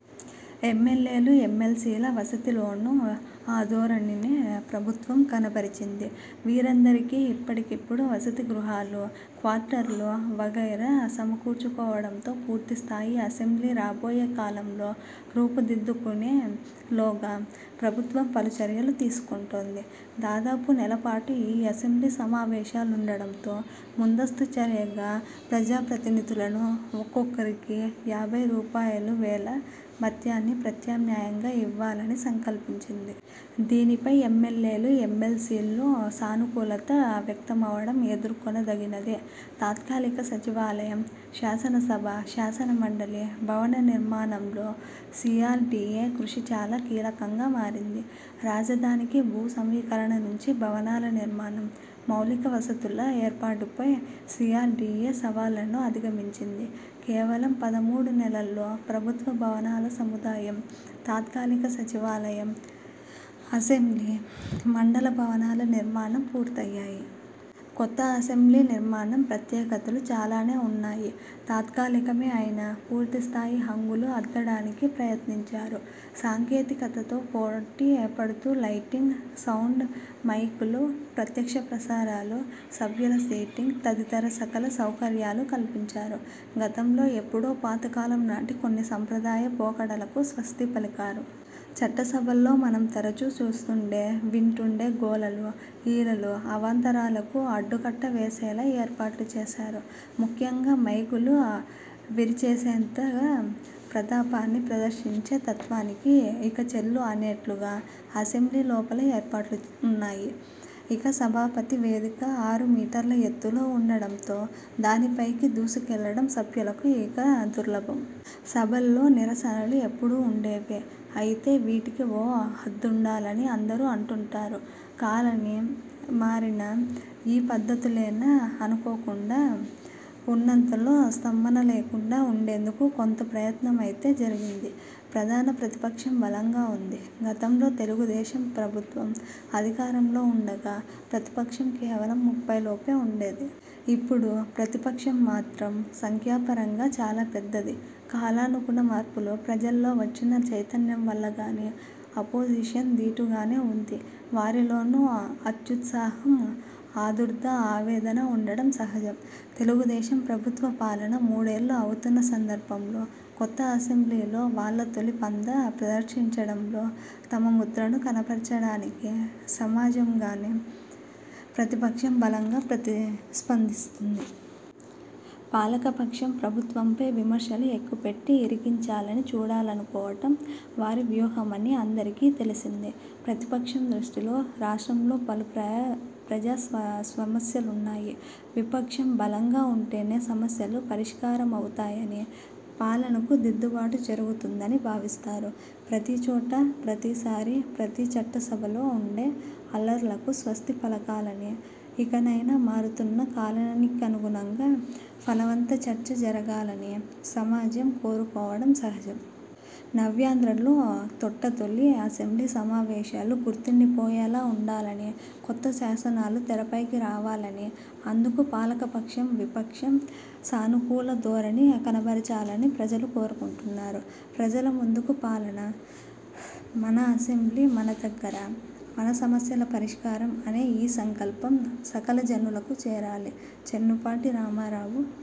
ఎమ్మెల్యేలు, ఎమ్మెల్సీల వసతిలోనూ ఆ ధోరణినే ప్రభుత్వం కనబరచింది. వీరందరికీ ఇప్పటికిప్పుడు వసతి గృహాలు, క్వార్టర్లు వగైరా సమకూర్చుకోవడంతో, పూర్తి స్థాయి అసెంబ్లీ రాబోయే కాలంలో రూపుదిద్దుకొనే లోగా ప్రభుత్వం పలు చర్యలు తీసుకుంటోంది. దాదాపు నెలపాటు ఈ అసెంబ్లీ సమావేశాలుండడంతో ముందస్తు చర్యగా ప్రజాప్రతినిధులకు ఒక్కొక్కరికీ యాభై రూపాయలువేల భత్యాన్ని ప్రత్యామ్నాయంగా ఇవ్వాలని సంకల్పించింది. దీనిపై ఎమ్మెల్యేలు, ఎమ్మెల్సీల్లో సానుకూలత వ్యక్తమవడం పేర్కొనదగినదే. తాత్కాలిక సచివాలయం, శాసనసభ, శాసనమండలి భవన నిర్మాణంలో సీఆర్డీఏ కృషి చాలా కీలకంగా మారింది. రాజధానికి భూ సమీకరణ నుంచి భవనాల నిర్మాణం, మౌలిక వసతుల ఏర్పాటుపై సీఆర్డీయే సవాళ్లను అధిగమించింది. కేవలం పదమూడు నెలలల్లో ప్రభుత్వ భవనాల సముదాయం, తాత్కాలిక సచివాలయం, అసెంబ్లీ, మండలి భవనాల నిర్మాణం పూర్తయ్యాయి. కొత్త అసెంబ్లీ నిర్మాణం ప్రత్యేకతలు చాలానే ఉన్నాయి. తాత్కాలికమే అయినా పూర్తి స్థాయి హంగులు అద్దడానికి ప్రయత్నించారు. సాంకేతికతతో పోటీ పడుతూ లైటింగ్, సౌండ్, మైకులు, ప్రత్యక్షప్రసారాలు, సభ్యుల సీటింగ్ తదితర సకల సౌకర్యాలు కల్పించారు. గతంలో ఎప్పుడో పాతకాలం నాటి కొన్ని సంప్రదాయ పోకడలకు స్వస్తి పలికారు. చట్టసభల్లో మనం తరచూ చూస్తుండే, వింటుండే గోలలు, ఈలలు, అవాంతరాలకు అడ్డుకట్టవేసేలా ఏర్పాట్లు చేశారు. ముఖ్యంగా మైకులు విరిచేసేంతగా ప్రతాపాన్ని ప్రదర్శించే తత్వానికి ఇక చెల్లు అనేట్లుగా అసెంబ్లీ లోపల ఏర్పాట్లు ఉన్నాయి. ఇక సభాపతి వేదిక ఆరు మీటర్ల ఎత్త్తులో ఉండడంతో దానిపైకి దూసుకెళ్లడం సభ్యులకు ఇక దుర్లభం. సభల్లో నిరసనలు ఎప్పుడూ ఉండేవే. అయితే, వీటికీ ఓ హద్దుండాలని అందరూ అంటుంటారు. కాలం మారినా ఆ పద్ధతులేనా అనుకోకుండా ఉన్నంతలో స్తంభన లేకుండా ఉండేందుకు కొంత ప్రయత్నమైతే జరిగింది. ప్రధాన ప్రతిపక్షం బలంగా ఉంది. గతంలో తెలుగుదేశం ప్రభుత్వం అధికారంలో ఉండగా, ప్రతిపక్షం కేవలం ముప్పై లోపే ఉండేది. ఇప్పుడు ప్రతిపక్షం మాత్రం సంఖ్యాపరంగా చాలా పెద్దది. కాలానుగుణ మార్పులు, ప్రజల్లో వచ్చిన చైతన్యం వల్ల గానీ, 'అపోజిషన్' దీటుగానే ఉంది. వారిలోనూ అత్యుత్సాహం, ఆదుర్దా, ఆవేదన ఉండడం సహజం. తెలుగుదేశం ప్రభుత్వ పాలన మూడేళ్లు అవుతున్న సందర్భంలో, కొత్త అసెంబ్లీలో వాళ్ల తొలి'పంథా' ప్రదర్శించడంలో తమ ముద్రను కనబర్చడానికి సహజంగానే ప్రతిపక్షం బలంగా ప్రతిస్పందిస్తుంది. పాలకపక్షం, ప్రభుత్వంపై విమర్శలు ఎక్కుపెట్టి ఇరికించాలని చూడాలనుకోవటం వారి వ్యూహమని అందరికీ తెలిసిందే. ప్రతిపక్షం దృష్టిలో రాష్ట్రంలో పలు ప్రజా సమస్యలున్నాయి. విపక్షం బలంగా ఉంటేనే సమస్యలు పరిష్కారమవుతాయని పాలనకు దిద్దుబాటు జరుగుతుందని భావిస్తారు. ప్రతిచోటా, ప్రతిసారీ, ప్రతిచట్టసభలో ఉండే అల్లర్లకు స్వస్తి పలకాలని, ఇకనైనా మారుతున్న కాలానికనుగుణంగా ఫలవంత చర్చ జరగాలని సమాజం కోరుకోవడం సహజం. నవ్యాంధ్రలో తొట్టతొలి అసెంబ్లీ సమావేశాలు గుర్తిండిపోయేలా ఉండాలని, కొత్త శాసనాలు తెరపైకి రావాలని, అందుకు పాలకపక్షం, విపక్షం సానుకూల ధోరణి కనబరచాలని ప్రజలు కోరుకుంటున్నారు. ప్రజల ముందుకు పాలన, మన అసెంబ్లీ–మన దగ్గర, మన సమస్యల పరిష్కారం అనే ఈ సంకల్పం సకల జనులకు చేరాలి. చెన్నుపాటి రామారావు